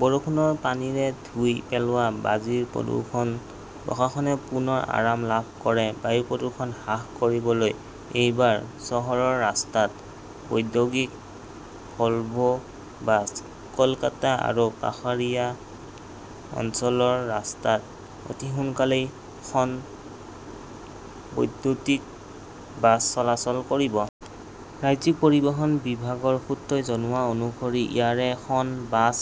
বৰষুণৰ পানীৰে ধুই পেলোৱা বাজিৰ প্ৰদূষণ, প্ৰশাসনে পুনৰ আৰাম লাভ কৰে বায়ু প্ৰদূষণ হ্ৰাস কৰিবলৈ এইবাৰ চহৰৰ ৰাস্তাত বৈদ্যুতিক ভলভো বাছ। কলকাতা আৰু কাষৰীয়া অঞ্চলৰ ৰাস্তাত অতি সোনকালেই খন বৈদ্যুতিক বাছ চলাচল কৰিব। ৰাজ্যিক পৰিবহণ বিভাগৰ সূত্ৰই জনোৱা অনুসৰি ইয়াৰে খন বাছ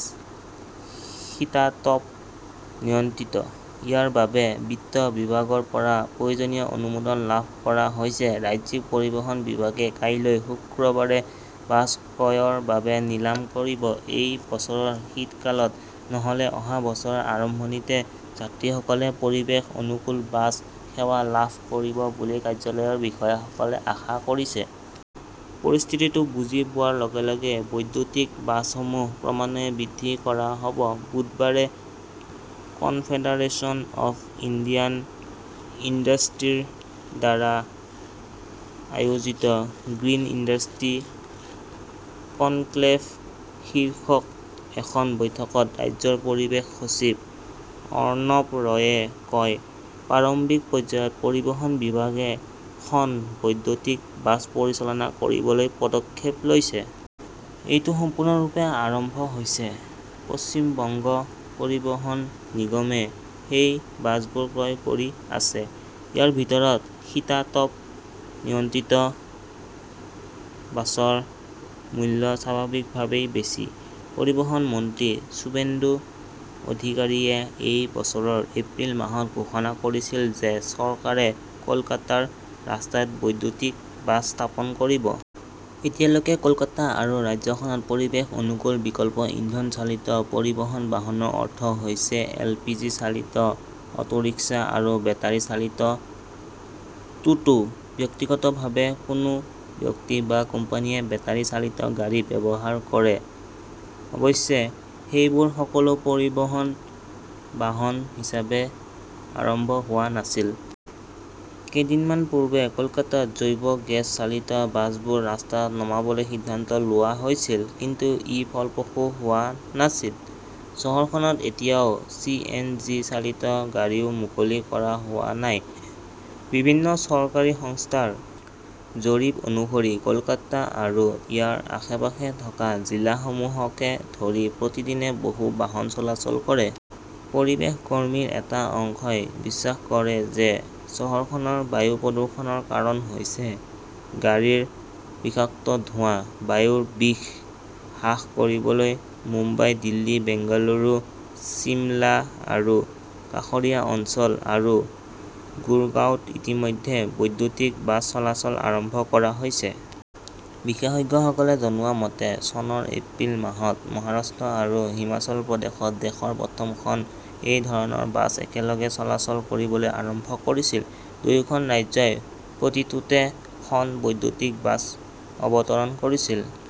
শীতাতপ নিয়ন্ত্ৰিত। ইয়াৰ বাবে বিত্ত বিভাগৰ পৰা প্ৰয়োজনীয় অনুমোদন লাভ কৰা হৈছে। ৰাজ্যিক পৰিবহণ বিভাগে কাইলৈ, শুক্ৰবাৰে বাছ ক্ৰয়ৰ বাবে নিলাম কৰিব। এই বছৰৰ শীতকালত, নহলে অহা বছৰৰ আৰম্ভণিতে যাত্ৰীসকলে পৰিৱেশ অনুকূল বাছ সেৱা লাভ কৰিব বুলি কাৰ্যালয়ৰ বিষয়াসকলে আশা কৰিছে। পৰিস্থিতিটো বুজি পোৱাৰ লগে-লগে বৈদ্যুতিক বাছসমূহ ক্ৰমান্বয়ে বৃদ্ধি কৰা হব। বুধবাৰে কনফেডাৰেচন অৱ ইণ্ডিয়ান ইণ্ডাষ্ট্ৰী ৰ দ্বাৰা আয়োজিত 'গ্ৰীণ ইণ্ডাষ্ট্ৰী কনক্লেভ শীৰ্ষক এখন বৈঠকত ৰাজ্যৰ পৰিৱেশ সচিব অৰ্ণব ৰয়ে কয়, প্ৰাৰম্ভিক পৰ্যায়ত পৰিবহণ বিভাগে খন বৈদ্যুতিক বাছ পৰিচালনা কৰিবলৈ পদক্ষেপ লৈছে। এইটো সম্পূৰ্ণৰূপে আৰম্ভ হৈছে। পশ্চিম বংগ পৰিবহণ নিগমে সেই বাছবোৰ ক্ৰয় কৰি আছে। ইয়াৰ ভিতৰত শীতাতপ নিয়ন্ত্ৰিত বাছৰ মূল্য স্বাভাৱিকভাৱেই বেছি। পৰিবহণ মন্ত্ৰী সুভেন্দু অধিকাৰীয়ে এই বছৰৰ এপ্ৰিল মাহত ঘোষণা কৰিছিল যে চৰকাৰে কলকাতাৰ ৰাস্তাত বৈদ্যুতিক বাছ স্থাপন কৰিব। এতিয়ালৈকে, কলকাতা আৰু ৰাজ্যখনত পৰিৱেশ-অনুকূল বিকল্প ইন্ধন-চালিত পৰিবহণ বাহনৰ অৰ্থ হৈছে এলপিজি-চালিত অটোৰিক্সা আৰু বেটাৰী-চালিত টোটো। ব্যক্তিগতভাৱে কোনো ব্যক্তি বা কোম্পানীয়ে বেটাৰী চালিত গাড়ী ব্যৱহাৰ কৰে। অৱশ্যে, সেইবোৰ সকলো পৰিবহণ বাহন হিচাপে আৰম্ভ হোৱা নাছিল। কেইদিনমান পূৰ্বে কলকাতাত জৈৱ গেছ চালিত বাছবোৰ ৰাস্তাত নামাবলৈ সিদ্ধান্ত লোৱা হৈছিল। কিন্তু ই ফলপ্ৰসূ হোৱা নাছিল। চহৰখনত এতিয়াও চি. এন. জি. -চালিত গাড়ীও মুকলি কৰা হোৱা নাই। বিভিন্ন বেচৰকাৰী সংস্থাৰ জৰীপ অনুসৰি, কলকাতা আৰু ইয়াৰ আশে-পাশে থকা জিলাসমূহকে ধৰি প্ৰতিদিনে বহু বাহন চলাচল কৰে। পৰিৱেশ কৰ্মীৰ এটা অংশই বিশ্বাস কৰে যে চহৰখনৰ বায়ু প্ৰদূষণৰ কাৰণ হৈছে গাড়ীৰ বিষাক্ত ধোঁৱা। বায়ুৰ বিষ হ্ৰাস কৰিবলৈ মুম্বাই, দিল্লী, বেংগালুৰু, চিমলা আৰু কাষৰীয়া অঞ্চল আৰু গুৰগাঁৱত ইতিমধ্যে বৈদ্যুতিক বাছ চলাচল আৰম্ভ কৰা হৈছে। বিশেষজ্ঞসকলে জনোৱা মতে, চনৰ এপ্ৰিল মাহত মহাৰাষ্ট্ৰ আৰু হিমাচল প্ৰদেশত দেশৰ প্ৰথমখন এই ধৰণৰ বাছ একেলগে চলাচল কৰিবলৈ আৰম্ভ কৰিছিল। দুয়োখন ৰাজ্যই প্ৰতিটোতে খন বৈদ্যুতিক বাছ অৱতৰণ কৰিছিল।